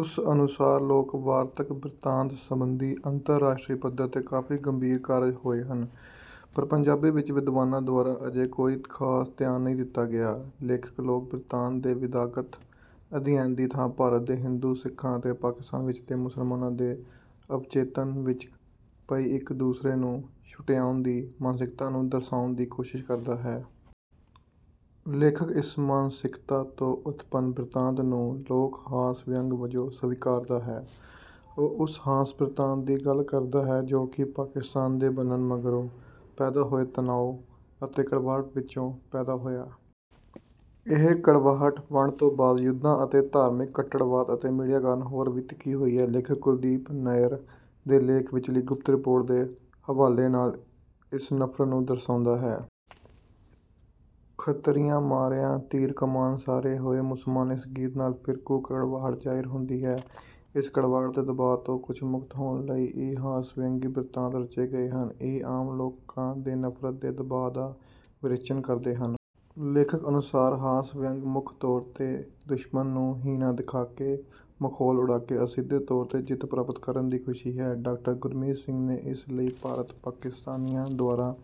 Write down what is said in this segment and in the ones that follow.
ਉਸ ਅਨੁਸਾਰ ਲੋਕ ਵਾਰਤਕ ਬ੍ਰਿਤਾਂਤ ਸੰਬੰਧੀ ਅੰਤਰ ਰਾਸ਼ਟਰੀ ਪੱਧਰ ਤੇ ਕਾਫ਼ੀ ਗੰਭੀਰ ਕਾਰਜ ਹੋਏ ਹਨ ਪਰ ਪੰਜਾਬੀ ਵਿੱਚ ਵਿਦਵਾਨਾਂ ਦੁਆਰਾ ਅਜੇ ਕੋਈ ਖਾਸ ਧਿਆਨ ਨਹੀਂ ਦਿੱਤਾ ਗਿਆ। ਲੇਖਕ ਲੋਕ ਬ੍ਰਿਤਾਂਤ ਦੇ ਵਿਧਾਗਤ ਅਧਿਐਨ ਦੀ ਥਾਂ ਭਾਰਤ ਦੇ ਹਿੰਦੂ ਸਿੱਖਾਂ ਅਤੇ ਪਾਕਿਸਤਾਨ ਵਿੱਚਲੇ ਮੁਸਲਮਾਨਾਂ ਦੇ ਅਵਚੇਤਨ ਵਿੱਚ ਪਈ ਇੱਕ ਦੂਸਰੇ ਨੂੰ ਛੁਟਿਆਉਣ ਦੀ ਮਾਨਸਿਕਤਾ ਨੂੰ ਦਰਸਾਉਣ ਦੀ ਕੋਸ਼ਿਸ਼ ਕਰਦਾ ਹੈ। ਲੇਖਕ ਇਸ ਮਾਨਸਿਕਤਾ ਤੋਂ ਉਤਪੰਨ ਬ੍ਰਿਤਾਂਤ ਨੂੰ ਲੋਕ ਹਾਸ ਵਿਅੰਗ ਵਜੋਂ ਸਵੀਕਾਰਦਾ ਹੈ। ਉਹ ਉਸ ਹਾਸ ਬ੍ਰਿਤਾਂਤ ਦੀ ਗੱਲ ਕਰਦਾ ਹੈ ਜੋ ਕਿ ਪਾਕਿਸਤਾਨ ਦੇ ਬਣਨ ਮਗਰੋਂ ਪੈਦਾ ਹੋਏ ਤਨਾਉ ਅਤੇ ਕੜਵਾਹਟ ਵਿੱਚੋਂ ਪੈਦਾ ਹੋਇਆ। ਇਹ ਕੜਵਾਹਟ ਵੰਡ ਤੋਂ ਬਾਅਦ ਯੁੱਧਾਂ ਅਤੇ ਧਾਰਮਿਕ ਕੱਟੜਵਾਦ ਅਤੇ ਮੀਡੀਆ ਕਾਰਨ ਹੋਰ ਵੀ ਤਿੱਖੀ ਹੋਈ ਹੈ। ਲੇਖਕ ਕੁਲਦੀਪ ਨਈਅਰ ਦੇ ਲੇਖ ਵਿੱਚਲੀ ਗੁਪਤ ਰਿਪੋਰਟ ਦੇ ਹਵਾਲੇ ਨਾਲ ਇਸ ਨਫ਼ਰਤ ਨੂੰ ਦਰਸਾਉਂਦਾ ਹੈ। ਖੱਤਰੀਆਂ ਮਾਰਿਆ ਤੀਰ ਕਮਾਨ ਸਾਰੇ ਹੋਏ ਮੁਸਲਮਾਨ ਇਸ ਗੀਤ ਨਾਲ ਫ਼ਿਰਕੂ ਕੜਵਾਹਟ ਜ਼ਾਹਿਰ ਹੁੰਦੀ ਹੈ। ਇਸ ਕੜਵਾਹਟ ਦੇ ਦਬਾਅ ਤੋਂ ਕੁਝ ਮੁਕਤ ਹੋਣ ਲਈ ਇਹ ਹਾਸ ਵਿਅੰਗੀ ਬ੍ਰਿਤਾਂਤ ਰਚੇ ਗਏ ਹਨ। ਇਹ ਆਮ ਲੋਕਾਂ ਦੇ ਨਫ਼ਰਤ ਦੇ ਦਬਾਅ ਦਾ ਵਿਰੇਚਨ ਕਰਦੇ ਹਨ। ਲੇਖਕ ਅਨੁਸਾਰ ਹਾਸ ਵਿਅੰਗ ਮੁੱਖ ਤੌਰ ਤੇ ਦੁਸ਼ਮਣ ਨੂੰ ਹੀਣਾ ਦਿਖਾਕੇ ਮਖੌਲ ਉਡਾਕੇ ਅਸਿੱਧੇ ਤੌਰ ਤੇ ਜਿੱਤ ਪ੍ਰਾਪਤ ਕਰਨ ਦੀ ਖੁਸ਼ੀ ਹੈ। ਡਾਕਟਰ ਗੁਰਮੀਤ ਸਿੰਘ ਨੇ ਇਸ ਲਈ ਭਾਰਤ ਪਾਕਿਸਤਾਨੀਆਂ ਦੁਆਰਾ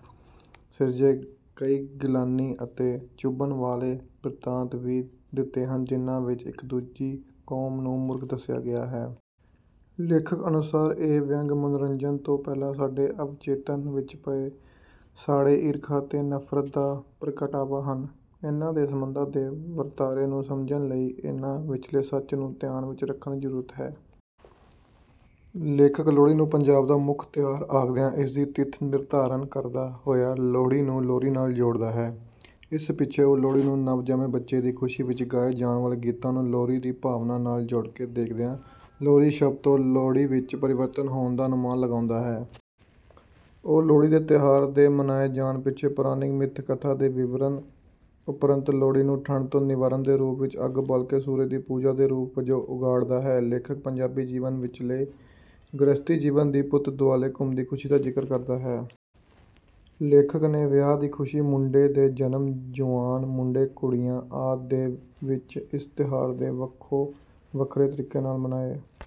ਸਿਰਜੇ ਕਈ ਗਿਲਾਨੀ ਅਤੇ ਚੁਭਣ ਵਾਲੇ ਬ੍ਰਿਤਾਂਤ ਵੀ ਦਿੱਤੇ ਹਨ ਜਿਨ੍ਹਾਂ ਵਿੱਚ ਇੱਕ ਦੂਜੀ ਕੌਮ ਨੂੰ ਮੂਰਖ ਦੱਸਿਆ ਗਿਆ ਹੈ। ਲੇਖਕ ਅਨੁਸਾਰ ਇਹ ਵਿਅੰਗ ਮਨੋਰੰਜਨ ਤੋਂ ਪਹਿਲਾਂ ਸਾਡੇ ਅਵਚੇਤਨ ਵਿੱਚ ਪਏ ਸਾੜੇ ਈਰਖਾ ਤੇ ਨਫ਼ਰਤ ਦਾ ਪ੍ਰਗਟਾਵਾ ਹਨ। ਇਨ੍ਹਾਂ ਦੇ ਸੰਬੰਧਾਂ ਦੇ ਵਰਤਾਰੇ ਨੂੰ ਸਮਝਣ ਲਈ ਇਨ੍ਹਾਂ ਵਿੱਚਲੇ ਸੱਚ ਨੂੰ ਧਿਆਨ ਵਿੱਚ ਰੱਖਣ ਦੀ ਜ਼ਰੂਰਤ ਹੈ। ਲੇਖਕ ਲੋਹੜੀ ਨੂੰ ਪੰਜਾਬ ਦਾ ਮੁੱਖ ਤਿਉਹਾਰ ਆਖਦਿਆਂ ਇਸਦੀ ਤਿੱਥ ਨਿਰਧਾਰਨ ਕਰਦਾ ਹੋਇਆ ਲੋਹੜੀ ਨੂੰ ਲੋਰੀ ਨਾਲ ਜੋੜਦਾ ਹੈ। ਇਸ ਪਿੱਛੇ ਉਹ ਲੋਹੜੀ ਨੂੰ ਨਵ ਜੰਮੇ ਬੱਚੇ ਦੀ ਖੁਸ਼ੀ ਵਿੱਚ ਗਾਏ ਜਾਣ ਵਾਲੇ ਗੀਤਾਂ ਨੂੰ ਲੋਰੀ ਦੀ ਭਾਵਨਾ ਨਾਲ ਜੋੜਕੇ ਦੇਖਦਿਆਂ ਲੋਰੀ ਸ਼ਬਦ ਤੋਂ ਲੋਹੜੀ ਵਿੱਚ ਪਰਿਵਰਤਨ ਹੋਣ ਦਾ ਅਨੁਮਾਨ ਲਗਾਉਂਦਾ ਹੈ। ਉਹ ਲੋਹੜੀ ਦੇ ਤਿਉਹਾਰ ਦੇ ਮਨਾਏ ਜਾਣ ਪਿੱਛੇ ਪੌਰਾਣਿਕ ਮਿੱਥ ਕਥਾ ਦੇ ਵਿਵਰਣ ਉਪਰੰਤ ਲੋਹੜੀ ਨੂੰ ਠੰਢ ਤੋਂ ਨਿਵਾਰਨ ਦੇ ਰੂਪ ਵਿੱਚ ਅੱਗ ਬਾਲਕੇ ਸੂਰਜ ਦੀ ਪੂਜਾ ਦੇ ਰੂਪ ਵਜੋਂ ਉਘਾੜਦਾ ਹੈ। ਲੇਖਕ ਪੰਜਾਬੀ ਜੀਵਨ ਵਿੱਚਲੇ ਗ੍ਰਹਿਸਥੀ ਜੀਵਨ ਦੀ ਪੁੱਤ ਦੁਆਲੇ ਘੁੰਮਦੀ ਖੁਸ਼ੀ ਦਾ ਜ਼ਿਕਰ ਕਰਦਾ ਹੈ। ਲੇਖਕ ਨੇ ਵਿਆਹ ਦੀ ਖੁਸ਼ੀ ਮੁੰਡੇ ਦੇ ਜਨਮ ਜੁਆਨ ਮੁੰਡੇ ਕੁੜੀਆਂ ਆਦਿ ਦੇ ਵਿੱਚ ਇਸ ਤਿਉਹਾਰ ਦੇ ਵੱਖੋ ਵੱਖਰੇ ਤਰੀਕੇ ਨਾਲ ਮਨਾਏ